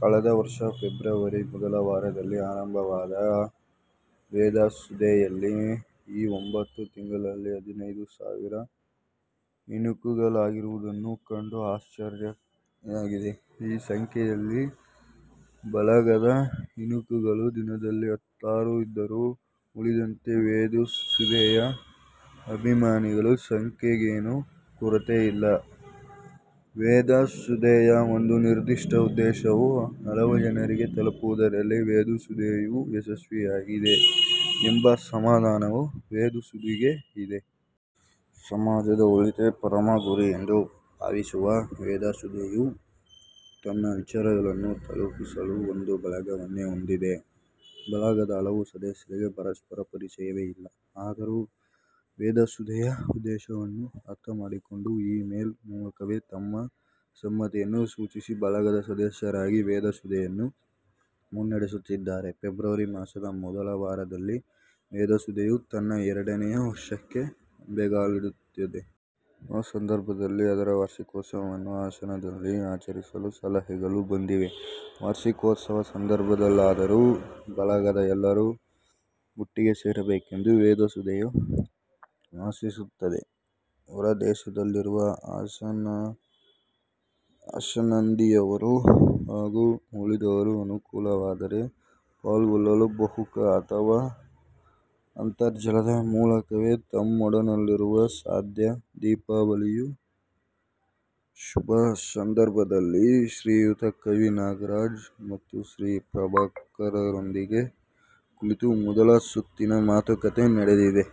ಕಳೆದ ವರ್ಷ ಫೆಬ್ರವರಿ ಮೊದಲ ವಾರದಲ್ಲಿ ಆರಂಭವಾದ ವೇದ ಸುಧೆಯಲ್ಲಿ ಈ ಒಂಬತ್ತು ತಿಂಗಳಲ್ಲಿ ಹದಿನೈದು ಸಾವಿರ ಇಣುಕುಗಳಾಗಿರುವುದನ್ನು ಕಂಡು ಅಚ್ಚರಿಯಾಗಿದೆ. ಈ ಸಂಖ್ಯೆಯಲ್ಲಿ ಬಳಗದ ಇಣುಕುಗಳು ದಿನದಲ್ಲಿ ಹತ್ತಾರು ಇದ್ದರೂ ಉಳಿದಂತೆ ವೇದಸುಧೆಯ ಅಭಿಮಾನಿಗಳ ಸಂಖ್ಯೆಗೇನೂ ಕೊರತೆ ಇಲ್ಲ. ವೇದಸುಧೆಯ ಒಂದು ನಿರ್ದಿಷ್ಟ ಉದ್ದೇಶವು ಹಲವು ಜನರಿಗೆ ತಲುಪುವುದರಲ್ಲಿ ವೇದಸುಧೆಯು ಯಶಸ್ವಿಯಾಗಿದೆ, ಎಂಬ ಸಮಾಧಾನವು ವೇದಸುಧೆಗೆ ಇದೆ. ಸಮಾಜದ ಒಳಿತೇ ಪರಮ ಗುರಿ ಎಂದು ಭಾವಿಸುವ ವೇದಸುಧೆಯು ತನ್ನ ವಿಚಾರಗಳನ್ನು ತಲುಪಿಸಲು ಒಂದು ಬಳಗವನ್ನೇ ಹೊಂದಿದೆ. ಬಳಗದ ಹಲವು ಸದಸ್ಯರಿಗೆ ಪರಸ್ಪರ ಪರಿಚಯವೇ ಇಲ್ಲ. ಆದರೂ ವೇದಸುಧೆಯ ಉದ್ದೆಶವನ್ನು ಅರ್ಥಮಾಡಿಕೊಂಡು ಈ-ಮೇಲ್ ಮೂಲಕವೇ ತಮ್ಮ ಸಮ್ಮತಿಯನ್ನು ಸೂಚಿಸಿ ಬಳಗದ ಸದಸ್ಯರಾಗಿ ವೇದಸುಧೆಯನ್ನು ಮುನ್ನಡೆಸುತ್ತಿದ್ದಾರೆ. ಫೆಬ್ರವರಿ ಮಾಸದ ಮೊದಲವಾರದಲ್ಲಿ ವೇದಸುಧೆಯು ತನ್ನ ಎರಡನೆಯ ವರ್ಷಕ್ಕೆ ಅಂಬೆಗಾಲಿಡುತ್ತಿದೆ. ಆಸಂದರ್ಭದಲ್ಲಿ ಅದರ ವಾರ್ಷಿಕೋತ್ಸವನ್ನು ಹಾಸನದಲ್ಲಿ ಆಚರಿಸಲು ಸಲಹೆಗಳು ಬಂದಿವೆ. ವಾರ್ಷಿಕೋತ್ಸವ ಸಂದರ್ಭದಲ್ಲಾದರೂ ಬಳಗದ ಎಲ್ಲರೂ ಒಟ್ಟಿಗೆ ಸೇರಬೇಕೆಂದು ವೇದಸುಧೆಯು ಆಶಿಸುತ್ತದೆ. ಹೊರದೇಶದಲ್ಲಿರುವ ಹಂಸಾನಂದಿಯವರು ಹಾಗೂ ಉಳಿದವರು ಅನುಕೂಲವಾದರೆ ಪಾಲ್ಗೊಳ್ಳಲೂ ಬಹುದು ಅಥವಾ ಅಂತರ್ಜಾಲದ ಮೂಲಕವೇ ನಮ್ಮೊಡನಿರಲು ಸಾಧ್ಯ. ದೀಪಾವಳಿಯ ಶುಭಸಂದರ್ಭದಲ್ಲಿ ಶ್ರೀಯುತ ಕವಿ ನಾಗರಾಜ್ ಮತ್ತು ಶ್ರೀ ಪ್ರಭಾಕರರೊಂದಿಗೆ ಕುಳಿತು ಮೊದಲ ಸುತ್ತಿನ ಮಾತುಕತೆ ನಡೆದಿದೆ.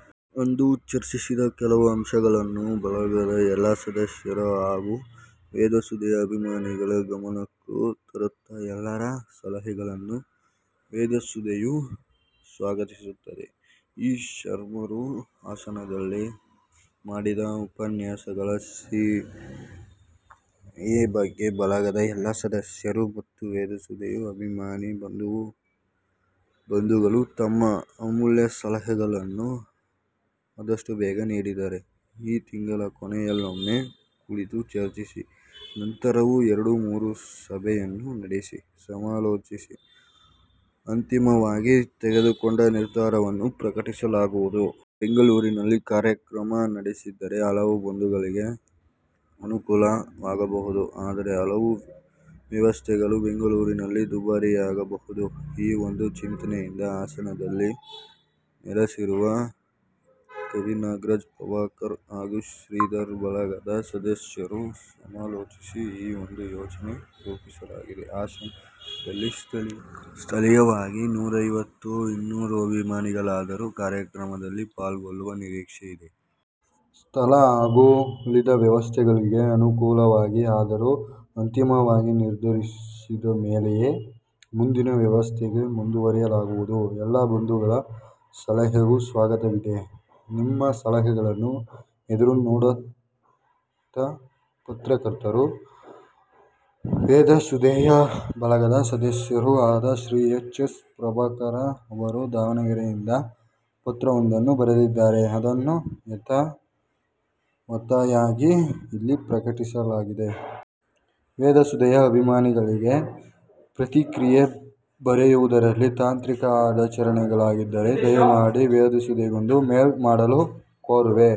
ಅಂದು ಚರ್ಚಿಸಿದ ಕೆಲವು ಅಂಶಗಳನ್ನು ಬಳಗದ ಎಲ್ಲಾ ಸದಸ್ಯರ ಹಾಗೂ ವೇದಸುಧೆಯ ಅಭಿಮಾನಿಗಳ ಗಮನಕ್ಕೂ ತರುತ್ತಾ ಎಲ್ಲರ ಸಲಹೆಗಳನ್ನೂ ವೇದಸುಧೆಯು ಸ್ವಾಗತಿಸುತ್ತದೆ. ಶ್ರೀ ಶರ್ಮರು ಹಾಸನದಲ್ಲಿ ಮಾಡಿದ ಉಪನ್ಯಾಸಗಳ ಸಿ. ಈ ಬಗ್ಗೆ ಬಳಗದ ಎಲ್ಲಾ ಸದಸ್ಯರೂ ಮತ್ತು ವೇದಸುಧೆಯ ಅಭಿಮಾನಿ ಬಂಧುಗಳು ತಮ್ಮ ಅಮೂಲ್ಯಸಲಹೆಗಳನ್ನು ಆದಷ್ಟೂ ಬೇಗ ನೀಡಿದರೆ ಈ ತಿಂಗಳ ಕೊನೆಯಲ್ಲೊಮ್ಮೆ ಕುಳಿತು ಚರ್ಚಿಸಿ ನಂತರವೂ ಎರಡು-ಮೂರು ಸಭೆಯನ್ನು ನಡೆಸಿ ಸಮಾಲೋಚಿಸಿ ಅಂತಿಮವಾಗಿ ತೆಗೆದುಕೊಂಡ ನಿರ್ಧಾರವನ್ನು ಪ್ರಕಟಿಸಲಾಗುವುದು. ಬೆಂಗಳೂರಿನಲ್ಲಿ ಕಾರ್ಯಕ್ರಮ ನಡೆಸಿದರೆ ಹಲವು ಬಂಧುಗಳಿಗೆ ಅನುಕೂಲ ವಾಗಬಹುದು. ಆದರೆ ಹಲವು ವ್ಯವಸ್ಥೆಗಳು ಬೆಂಗಳೂರಿನಲ್ಲಿ ದುಬಾರಿಯಾಗಬಹುದು. ಈ ಒಂದು ಚಿಂತನೆಯಿಂದ ಹಾಸನದಲ್ಲಿ ನೆಲಸಿರುವ ಕವಿನಾಗರಾಜ್, ಪ್ರಭಾಕರ್ ಹಾಗೂ ಶ್ರೀಧರ್ ಬಳಗದ ಸದಸ್ಯರು ಸಮಾಲೋಚಿಸಿ ಈ ಒಂದು ಯೋಜನೆ ರೂಪಿಸಲಾಗಿದೆ. ಹಾಸನದಲ್ಲಿ ಸ್ಥಳೀಯವಾಗಿ ನೂರೈವತ್ತು -ಇನ್ನೂರು ಅಭಿಮಾನಿಗಳಾದರೂ ಕಾರ್ಯಕ್ರಮದಲ್ಲಿ ಪಾಲ್ಗೊಳ್ಳುವ ನಿರೀಕ್ಷೆ ಇದೆ. ಸ್ಥಳ ಹಾಗೂ ಉಳಿದ ವ್ಯವಸ್ಥೆಗಳಿಗೆ ಅನುಕೂಲಗಳಿವೆ. ಆದರೂ ಅಂತಿಮವಾಗಿ ನಿರ್ಧರಿಸಿದಮೇಲೆಯೇ ಮುಂದಿನ ವ್ಯವಸ್ಥೆಗೆ ಮುಂದುವರೆಯಲಾಗುವುದು. ಎಲ್ಲಾ ಬಂಧುಗಳ ಸಲಹೆಗಳಿಗೂ ಸ್ವಾಗತವಿದೆ. ನಿಮ್ಮ ಸಲಹೆಗಳನ್ನು ಎದುರು ನೋಡುತ್ತಾಪತ್ರಕರ್ತರೂ ವೇದಸುಧೆಯ ಬಳಗದ ಸದಸ್ಯರೂ ಆದ ಶ್ರೀ ಎಚ್. ಎಸ್. ಪ್ರಭಾಕರ, ಅವರು ದಾವಣಗೆರೆಯಿಂದ ಪತ್ರಒಂದನ್ನು ಬರೆದಿದ್ದಾರೆ ಅದನ್ನು ಯಥಾವತ್ತಾಗಿ ಇಲ್ಲಿ ಪ್ರಕಟಿಲಾಗಿದೆ. ವೇದಸುಧೆಯ ಅಭಿಮಾನಿಗಳಿಗೆ ಪ್ರತಿಕ್ರಿಯೆ ಬರೆಯುವುದರಲ್ಲಿ ತಾಂತ್ರಿಕ ಅಡಚಣೆಗಳಾಗಿದ್ದರೆ ದಯಮಾಡಿ ವೇದಸುಧೆಗೊಂದು ಮೇಲ್ ಮಾಡಲು ಕೋರುವೆ.